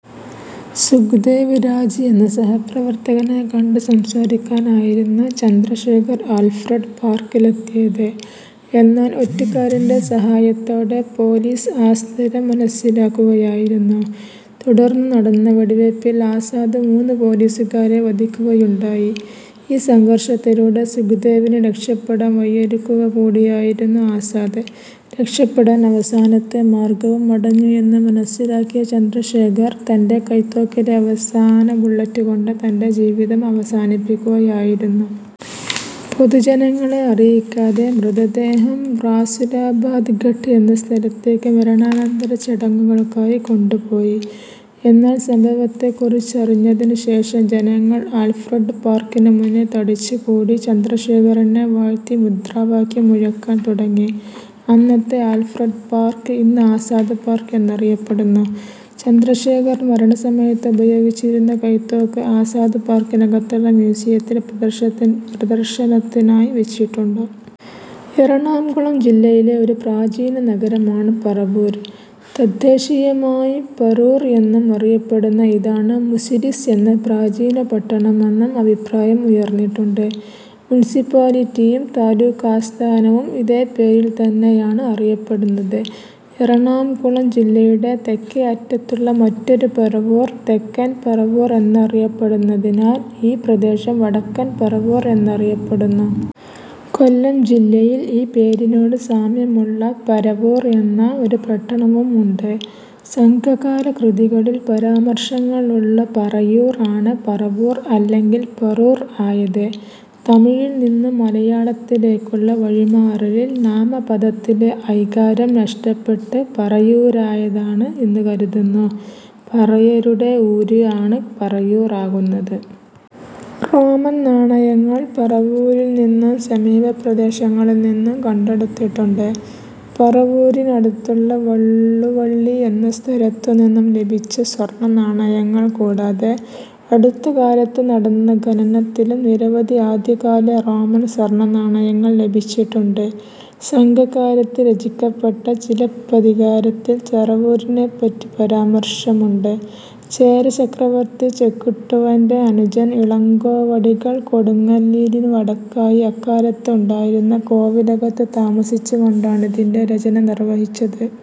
സുഖ്ദേവ് രാജ് എന്ന സഹപ്രവർത്തകനെ കണ്ട് സംസാരിക്കാനായിരുന്നു ചന്ദ്രശേഖർ ആൽഫ്രഡ് പാർക്കിലെത്തിയത്. എന്നാൽ ഒറ്റുകാരന്റെ സഹായത്തോടെ പോലീസ് ആ സ്ഥലം മനസ്സിലാക്കുകായിരുന്നു. തുടർന്നു നടന്ന വെടിവെപ്പിൽ ആസാദ് മൂന്നു പോലീസുകാരെ വധിക്കുകയുണ്ടായി. ഈ സംഘർഷത്തിലൂടെ സുഖ്ദേവിന് രക്ഷപ്പെടാൻ വഴിയൊരുക്കുക കൂടിയായിരുന്നു ആസാദ്. രക്ഷപ്പെടാൻ അവസാനത്തെ മാർഗ്ഗവും അടഞ്ഞു എന്ന് മനസ്സിലാക്കിയ ചന്ദ്രശേഖർ തന്റെ കൈത്തോക്കിലെ അവസാന ബുള്ളറ്റുകൊണ്ട് തന്റെ ജീവിതം അവസാനിപ്പിക്കുകയായിരുന്നു. പൊതുജനങ്ങളെ അറിയിക്കാതെ മൃതദേഹം റാസുലാബാദ് ഘട്ട് എന്ന സ്ഥലത്തേക്ക് മരണാനന്തര ചടങ്ങുകൾക്കായി കൊണ്ടു പോയി. എന്നാൽ സംഭവത്തെക്കുറിച്ചറിഞ്ഞതിനുശേഷം ജനങ്ങൾ ആൽഫ്രഡ് പാർക്കിനുമുന്നിൽ തടിച്ചു കൂടി ചന്ദ്രശേഖറിനെ വാഴ്ത്തി മുദ്രാവാക്യം മുഴക്കാൻ തുടങ്ങി. അന്നത്തെ ആൽഫ്രഡ് പാർക്ക് ഇന്ന് ആസാദ് പാർക്ക് എന്നറിയപ്പെടുന്നു. ചന്ദ്രശേഖർ മരണസമയത്ത് ഉപയോഗിച്ചിരുന്ന കൈത്തോക്ക് ആസാദ് പാർക്കിനകത്തുള്ള മ്യൂസിയത്തിൽ പ്രദർശനത്തിനായി വെച്ചിട്ടുണ്ട്. എറണാകുളം ജില്ലയിലെ ഒരു പ്രാചീന നഗരമാണ് പറവൂർ. തദ്ദേശീയമായി പറൂർ എന്നും അറിയപ്പെടുന്ന ഇതാണ് മുസിരിസ് എന്ന പ്രാചീന പട്ടണമെന്നും അഭിപ്രായം ഉയർന്നിട്ടുണ്ട്. മുൻസിപ്പാലിറ്റിയും താലൂക്ക് ആസ്ഥാനവും ഇതേ പേരിൽ തന്നെയാണ് അറിയപ്പെടുന്നത്. എറണാകുളം ജില്ലയുടെ തെക്കേ അറ്റത്തുള്ള മറ്റൊരു പറവൂർ തെക്കൻ പറവൂർ എന്നറിയപ്പെടുന്നതിനാൽ, ഈ പ്രദേശം വടക്കൻ പറവൂർ എന്നറിയപ്പെടുന്നു. കൊല്ലം ജില്ലയിൽ ഈ പേരിനോടു സാമ്യം ഉള്ള പരവൂർ എന്ന ഒരു പട്ടണവും ഉണ്ട്. സംഘകാല കൃതികളിൽ പരാമർശങ്ങൾ ഉള്ള പറയൂർ ആണ് പറവൂർ അല്ലെങ്കിൽ പറൂർ ആയത്. തമിഴിൽ നിന്നും മലയാളത്തിലേക്കുള്ള വഴിമാറലിൽ നാമപദത്തിലെ ഐ കാരം നഷ്ടപ്പെട്ട് പറയൂരായതാണ് എന്നു കരുതുന്നു. പറയരുടെ ഊര് ആണ് പറയൂർ ആകുന്നത്. റോമൻ നാണയങ്ങൾ പറവൂരിൽ നിന്നും സമീപപ്രദേശങ്ങളിൽ നിന്നും കണ്ടെടുത്തിട്ടുണ്ട്. പറവൂരിനടുത്തുള്ള വള്ളുവള്ളി എന്ന സ്ഥലത്തുനിന്നും ലഭിച്ച സ്വർണ്ണനാണയങ്ങൾ കൂടാതെ അടുത്തകാലത്ത് നടന്ന ഖനനത്തിലും നിരവധി ആദ്യകാല റോമൻ സ്വർണ്ണനാണയങ്ങൾ ലഭിച്ചിട്ടുണ്ട്. സംഘകാലത്ത് രചിക്കപ്പെട്ട ചിലപ്പതികാരത്തിൽ പറവൂരിനെ പറ്റി പരാമർശമുണ്ട്. ചേരചക്രവർത്തി ചെക്കുട്ടുവന്റെ അനുജൻ ഇളങ്കോവടികൾ കൊടുങ്ങല്ലൂരിനു വടക്കായി അക്കാലത്ത് ഉണ്ടായിരുന്ന കോവിലകത്ത് താമസിച്ചുകൊണ്ടാണിതിന്റെ രചന നിർവ്വഹിച്ചത്.